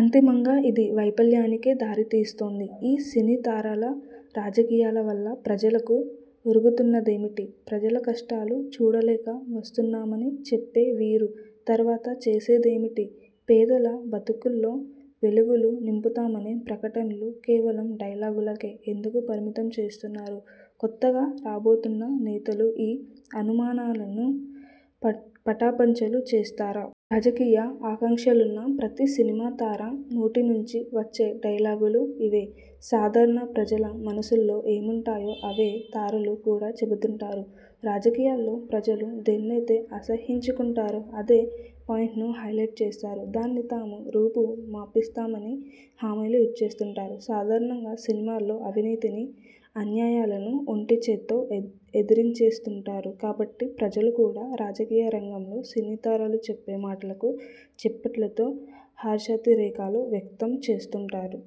అంతిమంగా ఇది. వైఫల్యానికే దారి తీస్తోంది. ఈ సినీ తారల రాజకీయాల వల్ల ప్రజలకు ఒరుగుతున్నదేమిటి? ప్రజల కష్టాలు చూడలేకే వస్తున్నామని చెప్పే వీరు. తర్వాత చేసేదేమిటి? పేదల బతుకుల్లో వెలుగులు నింపుతామనే ప్రకటనలు కేవలం డైలాగులకే ఎందుకు పరిమితం చేస్తున్నారు? కొత్తగా రాబోతున్న నేతలు ఈ అనుమానాలను పటాపంచలు చేస్తారా? రాజకీయ ఆకాంక్షలున్న ప్రతి సినిమా తార నోటి నుంచి వచ్చే డైలాగులు ఇవే. సాధారణ ప్రజల మనసుల్లో ఏముంటాయో అవే తారలు కూడా చెబుతూంటారు. రాజకీయాల్లో ప్రజలు దేన్నైతే అసహ్యించుకుంటారో అదే పాయింట్ను హైలెట్ చేస్తారు. దాన్ని తాము రూపు మాపేస్తామని హామీలు ఇచ్చేస్తూంటారు. సాధారణంగా సినిమాల్లో అవినీతిని, అన్యాయాలను ఒంటిచేత్తో ఎదిరించేస్తూంటారు కాబట్టి ప్రజలు కూడా రాజకీయ రంగంలో సినీతారలు చెప్పే మాటలకు చప్పట్లతో హర్షాతిరేకాలు వ్యక్తం చేస్తూంటారు.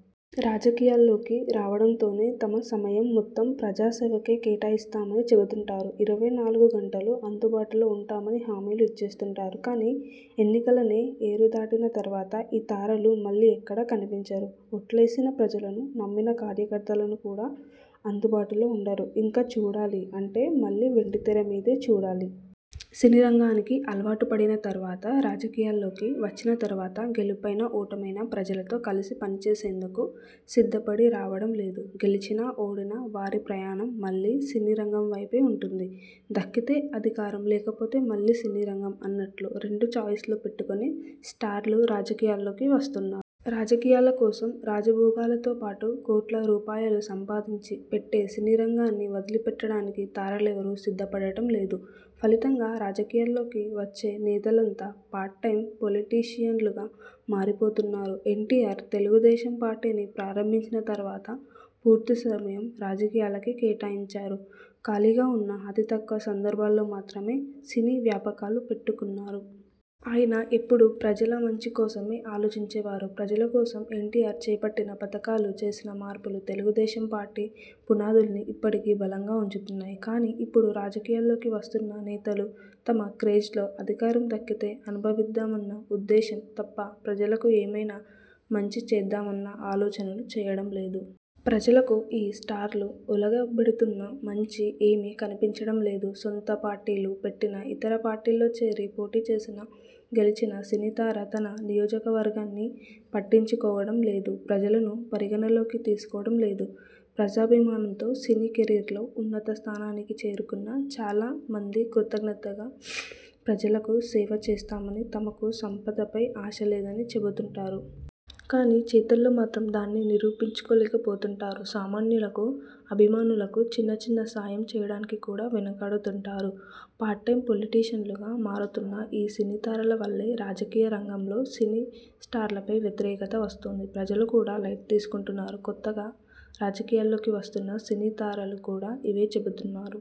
రాజకీయాల్లోకి రావడంతోనే తమ సమయం మొత్తం ప్రజాసేవకే కేటాయిస్తామని చెబుతూంటారు. ఇరవై నాలుగు గంటలూ అందుబాటులో ఉంటామని హామీలు ఇచ్చేస్తూంటారు. కానీ ఎన్నికలనే ఏరు దాటిన తర్వాత ఈ తారలు మళ్లీ ఎక్కడా కనిపించరు. ఓట్లేసిన ప్రజలను నమ్మిన కార్యకర్తలకు కూడా అందుబాటులో ఉండరు. ఇంక చూడాలి అంటే మళ్లీ వెండితెర మీదే చూడాలి. సినీ రంగానికి అలవాటుపడిన తర్వాత రాజకీయాల్లోకి వచ్చిన తర్వాత గెలుపైనా ఓటమైనా ప్రజలతో కలిసి పనిచేసేందుకు సిద్ధపడి రావడం లేదు. గెలిచినా, ఓడినా వారి ప్రయాణం మళ్లీ సినీ రంగం వైపే ఉంటుంది. దక్కితే అధికారం లేకపోతే మళ్లీ సినీ రంగం అన్నట్లు రెండు చాయిస్లు పెట్టుకుని స్టార్లు రాజకీయాల్లోకి వస్తున్నారు. రాజకీయాల కోసం రాజభోగాలతో పాటు కోట్ల రూపాయలు సంపాదించి పెట్టే సినీ రంగాన్ని వదిలి పెట్టడానికి తారలెవరూ సిద్ధపడటం లేదు. ఫలితంగా రాజకీయాల్లోకి వచ్చే నేతలంతా పార్ట్ టైమ్ పొలిటిషీయన్లుగా మారిపోతున్నారు. ఎన్టీఆర్ తెలుగుదేశం పార్టీని ప్రారంభించిన తర్వాత పూర్తి సమయం రాజకీయాలకే కేటాయించారు. ఖాళీగా ఉన్న అతి తక్కువ సందర్భాల్లో మాత్రమే సినీ వ్యాపకాలు పెట్టుకున్నారు. అయినా ఎప్పుడూ ప్రజల మంచి కోసమే ఆలోచించేవారు. ప్రజల కోసం ఎన్టీఆర్ చేపట్టిన పథకాలు చేసిన మార్పులు తెలుగుదేశం పార్టీ పునాదుల్నీ ఇప్పటికీ బలంగా ఉంచుతున్నాయి. కానీ ఇప్పుడు రాజకీయాల్లోకి వస్తున్న నేతలు తమ క్రేజ్లో అధికారం దక్కితే అనుభవిద్దామన్న ఉద్దేశం తప్ప ప్రజలకు ఏమైనా మంచి చేద్దామన్న ఆలోచనలు చేయడం లేదు. ప్రజలకు ఈ స్టార్లు ఒలగబెడుతున్న మంచి ఏమీ కనిపించడం లేదు. సొంత పార్టీలు పెట్టినా ఇతర పార్టీల్లో చేరి పోటీ చేసినా గెలిచిన సినీతార తన నియోజకవర్గాన్ని పట్టించుకోవడం లేదు. ప్రజలనూ పరిగణనలోకి తీసుకోవడం లేదు. ప్రజాభిమానంతో సినీ కెరీర్లో ఉన్నత స్థానానికి చేరుకున్న చాలా మంది కృతజ్ఞతగా ప్రజలకు సేవ చేస్తామని తమకు సంపదపై ఆశ లేదని చెబుతూంటారు. కానీ చేతల్లో మాత్రం దాన్ని నిరూపించలేకపోతూంటారు. సామాన్యులకు, అభిమానులకు చిన్న చిన్న సాయం చేయడానికి కూడా వెనుకాడుతూంటారు. పార్ట్ టైమ్ పొలిటిషన్లుగా మారుతున్న ఈ సినీతారల వల్లే రాజకీయ రంగంలో సినీ స్టార్లపై వ్యతిరేకత వస్తోంది. ప్రజలు కూడా లైట్ తీసుకుంటున్నారు. కొత్తగా రాజకీయాల్లోకి వస్తున్న సినీ తారలు కూడా ఇవే చెబుతున్నారు.